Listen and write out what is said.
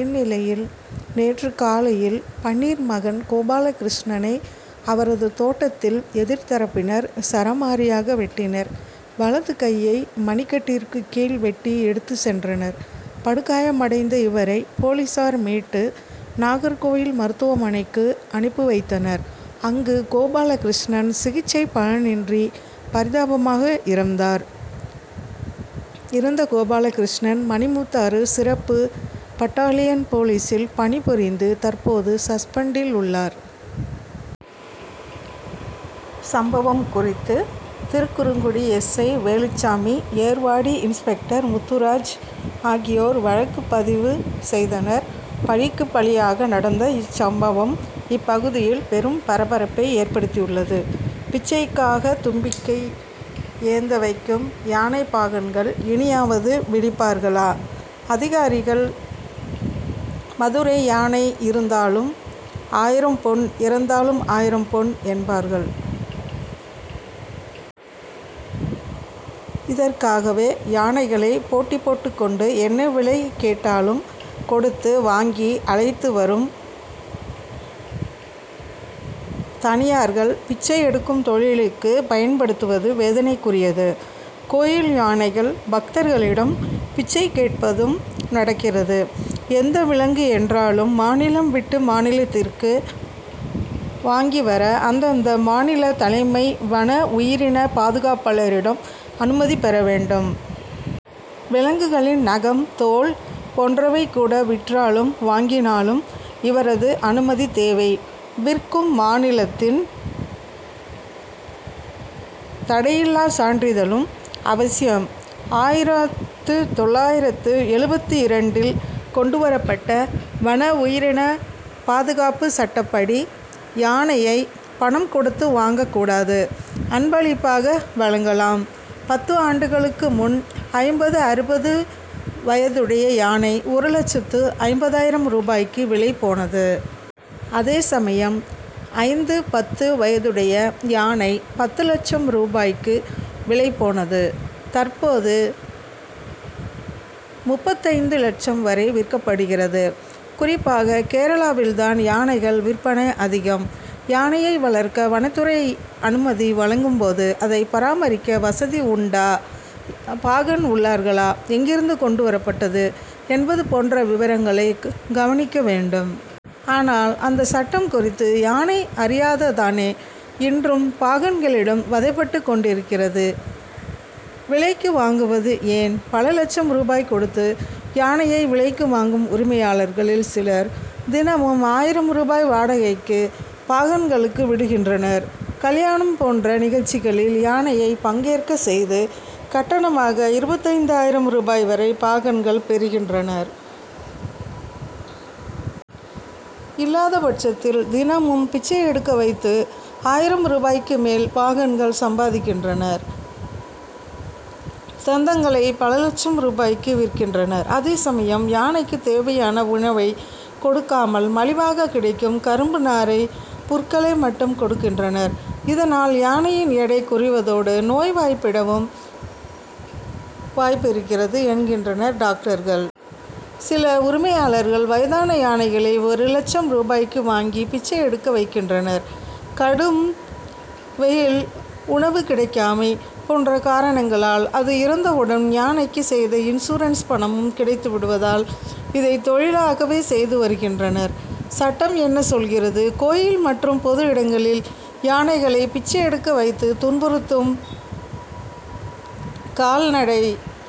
இந்நிலையில் நேற்று காலையில் பன்னீர் மகன் கோபாலகிருஷ்ணனை அவரது தோட்டத்தில் எதிர்தரப்பினர் சரமாரியாக வெட்டினர். வலது கையை மணிக்கட்டிற்கு கீழ் வெட்டி எடுத்துச் சென்றனர். படுகாயமடைந்த இவரை போலீசார் மீட்டு நாகர்கோவில் மருத்துவமனைக்கு அனுப்பி வைத்தனர். அங்கு கோபாலகிருஷ்ணன் சிகிச்சை பலனின்றி பரிதாபமாக இறந்தார். இறந்த கோபாலகிருஷ்ணன் மணிமுத்தாறு சிறப்பு பட்டாலியன் போலீசில் பணிபுரிந்து தற்போது சஸ்பெண்டில் உள்ளார். சம்பவம் குறித்து Thirukkurungudi S. I. Veluchamy Ervadi inspector Muthuraj ஆகியோர் வழக்கு பதிவு செய்தனர். பழிக்கு பழியாக நடந்த இச்சம்பவம் இப்பகுதியில் பெரும் பரபரப்பை ஏற்படுத்தியுள்ளது. பிச்சைக்காக தும்பிக்கை ஏந்த வைக்கும் யானை பாகன்கள் இனியாவது விழிப்பார்களா அதிகாரிகள் மதுரை யானை இருந்தாலும் ஆயிரம் பொன் இறந்தாலும் ஆயிரம் பொன் என்பார்கள். இதற்காகவே யானைகளை போட்டி போட்டுக்கொண்டு என்ன விலை கேட்டாலும் கொடுத்து வாங்கி அழைத்துவரும் தனியார்கள் பிச்சை எடுக்கும் தொழிலுக்கு பயன்படுத்துவது வேதனைக்குரியது. கோயில் யானைகள் பக்தர்களிடம் பிச்சை கேட்பதும் நடக்கிறது. எந்த விலங்கு என்றாலும் மாநிலம் விட்டு மாநிலத்திற்கு வாங்கி வர அந்தந்த மாநில தலைமை வனஉயிரின பாதுகாப்பாளரிடம் அனுமதி பெறவேண்டும். விலங்குகளின் நகம் தோல் போன்றவைகூட விற்றாலும் வாங்கினாலும் இவரது அனுமதி தேவை. விற்கும் மாநிலத்தின் தடையில்லா சான்றிதழும் அவசியம். ஆயிரத்து தொள்ளாயிரத்து எழுபத்திரண்டில் கொண்டுவரப்பட்ட வன உயிரின பாதுகாப்பு சட்டப்படி யானையை பணம் கொடுத்து வாங்கக்கூடாது. அன்பளிப்பாக வழங்கலாம். பத்து ஆண்டுகளுக்கு முன் ஐம்பது-அறுபது வயதுடைய யானை ஒரு லட்சத்து ஐம்பதாயிரம் ரூபாய்க்கு விலை போனது. அதேசமயம் ஐந்து-பத்து வயதுடைய யானை பத்து லட்சம் ரூபாய்க்கு விலை போனது. தற்போது முப்பத்தைந்து லட்சம் வரை விற்கப்படுகிறது. குறிப்பாக கேரளாவில்தான் யானைகள் விற்பனை அதிகம். யானையை வளர்க்க வனத்துறை அனுமதி வழங்கும் போது அதை பராமரிக்க வசதி உண்டா பாகன் உள்ளார்களா எங்கிருந்து கொண்டு வரப்பட்டது என்பது போன்ற விபரங்களை கவனிக்க வேண்டும். ஆனால் அந்த சட்டம் குறித்து யானை அறியாததானோ இன்றும் பாகன்களிடம் வதைபட்டுக் கொண்டிருக்கிறது. விலைக்கு வாங்குவது ஏன். பல லட்சம் ரூபாய் கொடுத்து யானையை விலைக்கு வாங்கும் உரிமையாளர்களில் சிலர் தினமும் ஆயிரம் ரூபாய் வாடகைக்கு பாகன்களுக்கு விடுகின்றனர். கல்யாணம் போன்ற நிகழ்ச்சிகளில் யானையை பங்கேற்க செய்து கட்டணமாக இருபத்தைந்து ஆயிரம் ரூபாய் வரை பாகன்கள் பெறுகின்றனர். இல்லாதபட்சத்தில் தினமும் பிச்சை எடுக்க வைத்து ஆயிரம் ரூபாய்க்கு மேல் பாகன்கள் சம்பாதிக்கின்றனர். தந்தங்களை பல லட்சம் ரூபாய்க்கு விற்கின்றனர். அதேசமயம் யானைக்கு தேவையான உணவை கொடுக்காமல் மலிவாக கிடைக்கும் கரும்பு நாரைப் புற்களை மட்டும் கொடுக்கின்றனர். இதனால் யானையின் எடை குறைவதோடு நோய்வாய்ப்படவும் வாய்ப்பிருக்கிறது என்கின்றனர் டாக்டர்கள். சில உரிமையாளர்கள் வயதான யானைகளை ஒரு லட்சம் ரூபாய்க்கு வாங்கி பிச்சை எடுக்க வைக்கின்றனர். கடும் வெயில் உணவு கிடைக்காமை போன்ற காரணங்களால் அது இறந்தவுடன் யானைக்கு செய்த இன்சூரன்ஸ் பணமும் கிடைத்து விடுவதால் இதை தொழிலாகவே செய்து வருகின்றனர். சட்டம் என்ன சொல்கிறது. கோயில் மற்றும் பொது இடங்களில் யானைகளை பிச்சை எடுக்க வைத்து துன்புறுத்தும் கால்நடை.